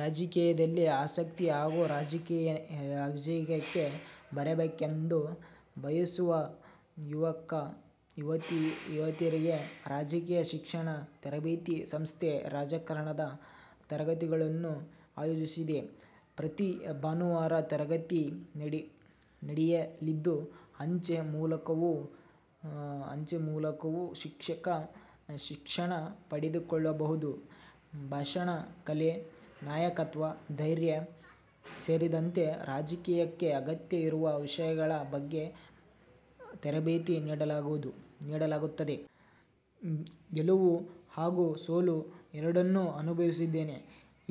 ರಾಜಕೀಯದಲ್ಲಿ ಆಸಕ್ತಿ ಹಾಗೂ ರಾಜಕೀಯಕ್ಕೆ ಬರಬೇಕೆಂದು ಬಯಸುವ ಯುವಕ-ಯುವತಿಯರಿಗೆ "ರಾಜಕೀಯ ಶಿಕ್ಷಣ ತರಬೇತಿ ಸಂಸ್ಥೆ', ರಾಜಕಾರಣದ ತರಗತಿಗಳನ್ನು ಆಯೋಜಿಸಿದೆ. ಪ್ರತಿ ಭಾನುವಾರ ತರಗತಿ ನಡೆಯಲಿದ್ದು, ಅಂಚೆ ಮೂಲಕವೂ ಶಿಕ್ಷಣ ಪಡೆದುಕೊಳ್ಳಬಹುದು. ಭಾಷಣ ಕಲೆ, ನಾಯಕತ್ವ, ಧೈರ್ಯ ಸೇರಿದಂತೆ ರಾಜಕೀಯಕ್ಕೆ ಅಗತ್ಯ ಇರುವ ವಿಷಯಗಳ ಬಗ್ಗೆ ತರಬೇತಿ ನೀಡಲಾಗುತ್ತದೆ. ಗೆಲುವು ಹಾಗೂ ಸೋಲು ಎರಡನ್ನೂ ಅನುಭವಿಸಿದ್ದೇನೆ.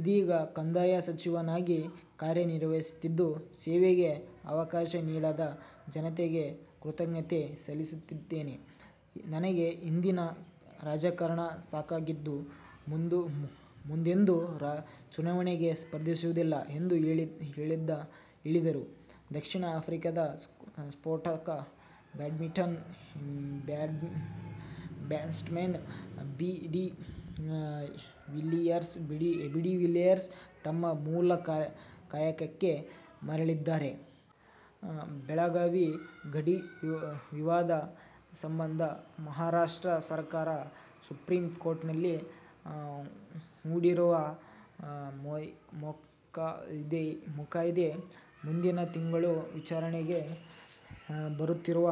ಇದೀಗ ಕಂದಾಯ ಸಚಿವನಾಗಿ ಕಾರ್ಯ ನಿರ್ವಹಿಸುತ್ತಿದ್ದು, ಸೇವೆಗೆ ಅವಕಾಶ ನೀಡಿದ ಜನತೆಗೆ ಕೃತಜ್ಞತೆ ಸಲ್ಲಿಸುತ್ತೇನೆ. ನನಗೆ ಇಂದಿನ ರಾಜಕಾರಣ ಸಾಕಾಗಿದ್ದು, ಮುಂದೆಂದೂ ಚುನಾವಣೆಗೆ ಸ್ಪರ್ಧಿಸುವುದಿಲ್ಲ' ಎಂದು ಹೇಳಿದರು. ದಕ್ಷಿಣ ಆಫ್ರಿಕಾದ ಸ್ಫೋಟಕ ಬ್ಯಾಟ್ಸ್ಮನ್ ಎಬಿ ಡಿ ವಿಲಿಯರ್ಸ್ ತಮ್ಮ ಮೂಲ ಕಾಯಕಕ್ಕೆ ಮರಳಿದ್ದಾರೆ. ಬೆಳಗಾವಿ ಗಡಿ ವಿವಾದ ಸಂಬಂಧ ಮಹಾರಾಷ್ಟ್ರ ಸರ್ಕಾರ ಸುಪ್ರೀಂ ಕೋರ್ಟ್ನಲ್ಲಿ ಹೂಡಿರುವ ಮೊಕದ್ದಮೆ ಮುಂದಿನ ತಿಂಗಳು ವಿಚಾರಣೆಗೆ ಬರುತ್ತಿರುವ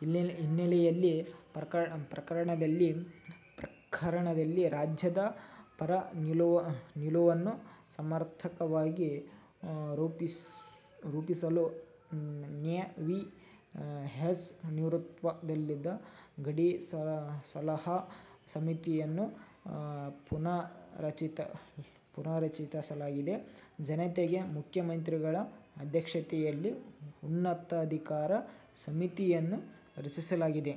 ಹಿನ್ನೆಲೆಯಲ್ಲಿ ಪ್ರಕರಣದಲ್ಲಿ ರಾಜ್ಯದ ಪರ ನಿಲುವನ್ನು ಸಮರ್ಥವಾಗಿ ರೂಪಿಸಲು ನ್ಯಾ. ವಿ. ಎಸ್. ನೇತೃತ್ವದ ಗಡಿ ಸಲಹಾ ಸಮಿತಿಯನ್ನು ಪುನಾರಚಿಸಲಾಗಿದೆ. ಜತೆಗೆ ಮುಖ್ಯಮಂತ್ರಿಗಳ ಅಧ್ಯಕ್ಷತೆಯಲ್ಲಿ ಉನ್ನತಾಧಿಕಾರ ಸಮಿತಿಯನ್ನು ರಚಿಸಲಾಗಿದೆ.